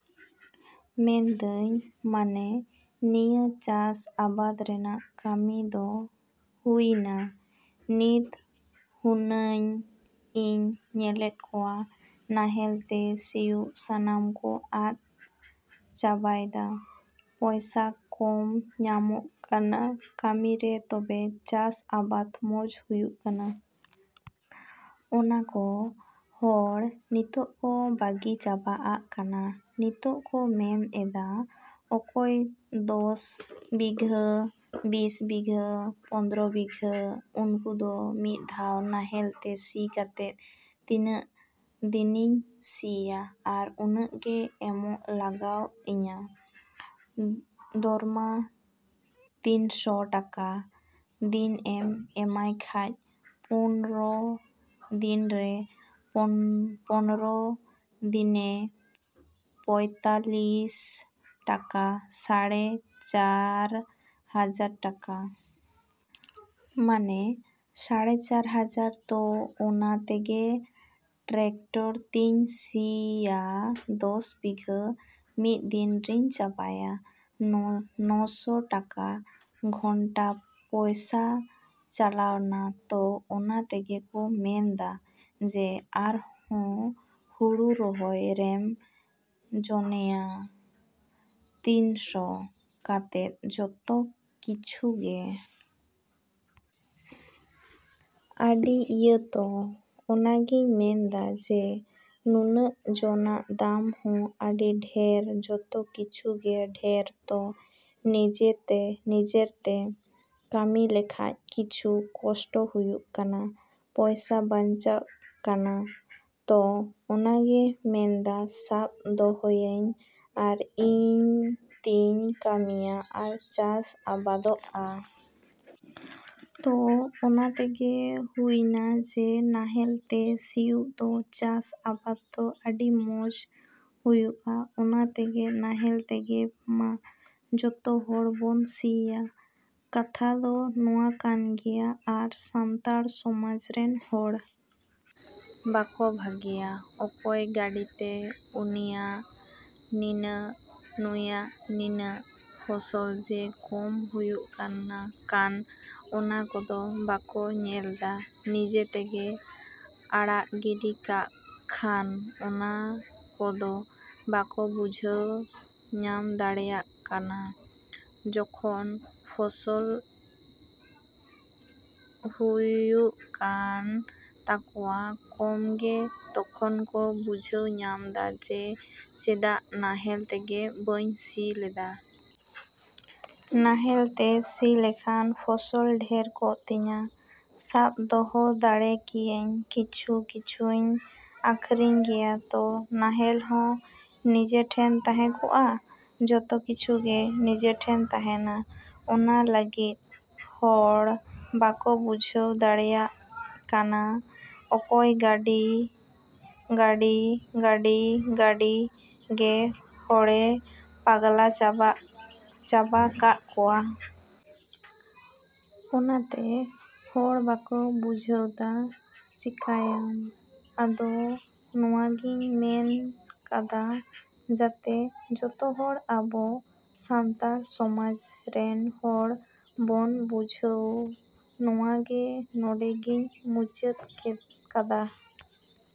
ᱢᱮᱱᱫᱟᱹᱧ ᱢᱟᱱᱮ ᱱᱤᱭᱟᱹ ᱪᱟᱥ ᱟᱵᱟᱫᱽ ᱨᱮᱭᱟᱜ ᱠᱟᱹᱢᱤ ᱫᱚ ᱦᱩᱭᱱᱟ ᱱᱤᱛ ᱦᱩᱱᱟ.ᱧ ᱤᱧ ᱧᱮᱞᱮᱫ ᱠᱚᱣᱟ ᱱᱟᱦᱮᱞ ᱛᱮ ᱥᱤᱭᱳᱜ ᱥᱟᱱᱟᱢ ᱠᱚ ᱟᱫ ᱪᱟᱵᱟᱭᱫᱟ᱾ ᱯᱚᱭᱥᱟ ᱠᱚᱢ ᱧᱟᱢᱚᱜ ᱠᱟᱱᱟ ᱠᱟᱹᱢᱤ ᱨᱮ ᱛᱚᱵᱮ ᱪᱟᱥ ᱟᱵᱟᱫᱽ ᱢᱚᱡᱽ ᱦᱩᱭᱩᱜ ᱠᱟᱱᱟ ᱾ ᱚᱱᱟ ᱠᱚ ᱦᱚᱲ ᱱᱤᱛᱚᱜ ᱠᱚ ᱵᱟᱹᱜᱤ ᱪᱟᱵᱟ ᱟᱜ ᱠᱟᱱᱟ᱾ ᱱᱤᱛᱚᱜ ᱠᱚ ᱢᱮᱱ ᱮᱫᱟ ᱚᱠᱚᱭ ᱫᱚᱥ ᱵᱤᱜᱷᱟᱹ ᱵᱤᱥ ᱵᱤᱜᱷᱟᱹ ᱯᱚᱱᱨᱚ ᱵᱤᱜᱷᱟᱹ ᱩᱱᱠᱩ ᱫᱚ ᱢᱤᱫ ᱫᱷᱟᱣ ᱱᱟᱦᱮᱞ ᱛᱮ ᱥᱤ ᱠᱟᱛᱮᱫ ᱛᱤᱱᱟᱹᱜ ᱫᱤᱱᱤᱧ ᱥᱤᱭᱟ? ᱟᱨ ᱩᱱᱟᱹᱜ ᱜᱮ ᱮᱢᱚᱜ ᱞᱟᱜᱟᱣ ᱤᱧᱟᱹ ᱫᱚᱨᱢᱟ ᱛᱤᱱᱥᱚ ᱴᱟᱠᱟ ᱫᱤᱱ ᱮᱢ ᱮᱢᱟᱭ ᱠᱷᱟᱡ ᱯᱚᱱᱨᱚ ᱫᱤᱱᱨᱮ ᱯᱚᱱᱨᱚ ᱛᱤᱱᱮ ᱯᱚᱸᱭᱛᱟᱞᱞᱤᱥ ᱴᱟᱠᱟ ᱥᱟᱲᱮ ᱪᱟᱨ ᱦᱟᱡᱟᱨ ᱴᱟᱠᱟ। ᱢᱟᱱᱮ ᱥᱟᱲᱮ ᱪᱟᱹᱨ ᱦᱟᱡᱟᱨ ᱛᱚ ᱚᱱᱟ ᱛᱮᱜᱮ ᱴᱨᱮᱠᱴᱚᱨ ᱛᱤᱧ ᱥᱤᱭᱟ ᱫᱚᱥ ᱵᱤᱜᱷᱟᱹ ᱢᱤᱫ ᱫᱤᱱ ᱨᱤᱧ ᱪᱟᱵᱟᱭᱟ। ᱱᱚᱥᱚ ᱴᱟᱠᱟ ᱜᱷᱚᱱᱴᱟ ᱯᱚᱭᱥᱟ ᱪᱟᱞᱟᱣᱱᱟ ᱛᱚ ᱚᱱᱟ ᱛᱮᱜᱮ ᱠᱚ ᱢᱮᱱᱫᱟ ᱡᱮ ᱟᱨ ᱦᱚ ᱦᱩᱲᱩ ᱨᱚᱦᱚᱭ ᱨᱮᱢ ᱡᱚᱱᱮᱭᱟ ᱛᱤᱱᱥᱚ ᱠᱟᱛᱮᱫ ᱡᱚᱛᱚ ᱠᱤᱪᱷᱩ ᱜᱮ। ᱟᱹᱰᱤ ᱤᱭᱟᱹ ᱛᱚ ᱚᱱᱟᱜᱤᱧ ᱢᱮᱱᱫᱟ ᱡᱮ ᱱᱩᱱᱟ.ᱜ ᱡᱚᱱᱟᱜ ᱫᱟᱢ ᱦᱚᱸ ᱟᱹᱰᱤ ᱰᱷᱮᱨ ᱡᱚᱛᱚ ᱠᱤᱪᱷᱩ ᱜᱮ ᱰᱷᱮᱨ ᱛᱚ ᱱᱤᱡᱮᱨ ᱛᱮ ᱠᱟᱹᱢᱤ ᱞᱮᱠᱷᱟᱱ ᱠᱤᱪᱷᱩ ᱠᱚᱥᱴᱚ ᱦᱩᱭᱩᱜ ᱠᱟᱱᱟ ᱯᱚᱭᱥᱟ ᱵᱟᱧᱪᱟᱜ ᱠᱟᱱᱟ ᱛᱚ ᱚᱱᱟᱜᱮ ᱢᱮᱱᱫᱟ ᱥᱟᱵ ᱫᱚᱦᱚᱭᱟᱹᱧ ᱟᱨ ᱤᱧ ᱛᱤᱧ ᱠᱟᱹᱢᱤᱭᱟ ᱟᱨ ᱪᱟᱥ ᱟᱵᱟᱫᱚᱜᱼᱟ। ᱛᱚ ᱚᱱᱟ ᱛᱮᱜᱮ ᱦᱩᱭᱱᱟ ᱡᱮ ᱱᱟᱦᱮᱞ ᱛᱮ ᱥᱤᱭᱳᱜ ᱫᱚ ᱪᱟᱥᱼᱟᱵᱟᱫᱽ ᱫᱚ ᱟᱹᱰᱤ ᱢᱚᱡᱽ ᱦᱩᱭᱩᱜᱼᱟ ᱚᱱᱟ ᱛᱮᱜᱮ ᱱᱟᱦᱮᱞ ᱛᱮᱜᱮ ᱢᱟ ᱡᱚᱛᱚ ᱦᱚᱲ ᱵᱚᱱ ᱥᱤᱭᱟ। ᱠᱟᱛᱷᱟ ᱫᱚ ᱱᱚᱣᱟ ᱠᱟᱱ ᱜᱮᱭᱟ ᱟᱨ ᱥᱟᱱᱛᱟᱲ ᱥᱚᱢᱟᱡᱽ ᱨᱮᱱ ᱦᱚᱲ ᱵᱟᱠᱚ ᱵᱷᱟᱹᱜᱤᱭᱟ ᱚᱠᱚᱭ ᱜᱟᱹᱰᱤ ᱛᱮ ᱩᱱᱤᱭᱟᱜ ᱱᱤᱱᱟᱹᱜ ᱱᱩᱭᱟᱜ ᱱᱤᱱᱟᱹᱜ ᱯᱷᱚᱥᱚᱞ ᱡᱮ ᱠᱚᱢ ᱦᱩᱭᱩᱜ ᱠᱟᱱ ᱚᱱᱟ ᱠᱚᱫᱚ ᱵᱟᱠᱚ ᱧᱮᱞᱫᱟ ᱱᱤᱡᱮ ᱛᱮᱠᱚ ᱟᱲᱟᱜ ᱜᱤᱰᱤ ᱠᱟᱜ ᱠᱷᱟᱱ ᱚᱱᱟ ᱠᱚᱫᱚ ᱵᱟᱠᱚ ᱵᱩᱡᱷᱟᱹᱣ ᱧᱟᱢ ᱫᱟᱲᱮᱭᱟᱜ ᱠᱟᱱᱟ ᱡᱚᱠᱷᱚᱱ ᱯᱷᱚᱥᱚᱞ ᱦᱩᱭᱩᱜ ᱠᱟᱱ ᱛᱟᱠᱚᱣᱟ ᱠᱚᱢᱜᱮ ᱛᱚᱠᱷᱚᱱ ᱠᱚ ᱵᱩᱡᱷᱟᱹᱣ ᱧᱟᱢᱫᱟ ᱡᱮ ᱪᱮᱫᱟᱜ ᱱᱟᱦᱮᱞ ᱛᱮᱜᱮ ᱵᱟᱹᱧ ᱥᱤ ᱞᱮᱫᱟ। ᱱᱟᱦᱮᱞ ᱛᱮ ᱥᱤ ᱞᱮᱠᱷᱟᱱ ᱯᱷᱚᱥᱚᱞ ᱰᱷᱮᱨ ᱠᱚᱜ ᱛᱤᱧᱟᱹ ᱥᱟᱵ ᱫᱚᱦᱚ ᱫᱟᱲᱮ ᱠᱮᱭᱟᱧ ᱠᱤᱪᱷᱩ ᱠᱤᱪᱷᱩᱧ ᱟᱹᱠᱷᱨᱤᱧ ᱠᱮᱭᱟ ᱛᱚ ᱱᱟᱦᱮᱞ ᱦᱚᱸ ᱱᱤᱡᱮ ᱴᱷᱮᱱ ᱛᱟᱦᱮᱸ ᱠᱚᱜᱼᱟ ᱡᱚᱛᱚ ᱠᱤᱪᱷᱩ ᱜᱮ ᱱᱤᱡᱮ ᱴᱷᱮᱱ ᱛᱟᱦᱮᱱᱟ। ᱚᱱᱟ ᱞᱟᱹᱜᱤᱫ ᱦᱚᱲ ᱵᱟᱠᱚ ᱵᱩᱡᱷᱟᱹᱣ ᱫᱟᱲᱮᱜ ᱠᱟᱱᱟ ᱚᱠᱚᱭ ᱜᱟᱹᱰᱤ ᱜᱟᱹᱰᱤ ᱜᱟᱹᱰᱤ ᱜᱟᱹᱰᱤ ᱜᱮ ᱦᱚᱲᱮ ᱯᱟᱜᱽᱞᱟ ᱪᱟᱵᱟ ᱠᱟᱜ ᱠᱚᱣᱟ। ᱚᱱᱟ ᱛᱮ ᱦᱚᱲ ᱵᱟᱠᱚ ᱵᱩᱡᱷᱟᱹᱣᱫᱟ ᱪᱮᱠᱟᱭᱭᱟᱢ? ᱟᱫᱚ ᱱᱚᱣᱟ ᱜᱤᱧ ᱢᱮᱱ ᱠᱟᱫᱟ ᱡᱟᱛᱮ ᱡᱚᱛᱚ ᱦᱚᱲ ᱟᱵᱚ ᱥᱟᱱᱛᱟᱲ ᱥᱚᱢᱟᱡᱽ ᱨᱮᱱ ᱦᱚᱲ ᱵᱚᱱ ᱵᱩᱡᱷᱟᱹᱣ ᱱᱚᱣᱟ ᱜᱮ ᱱᱚᱰᱮ ᱜᱤᱧ ᱢᱩᱪᱟᱹᱫ ᱠᱟᱫᱟ।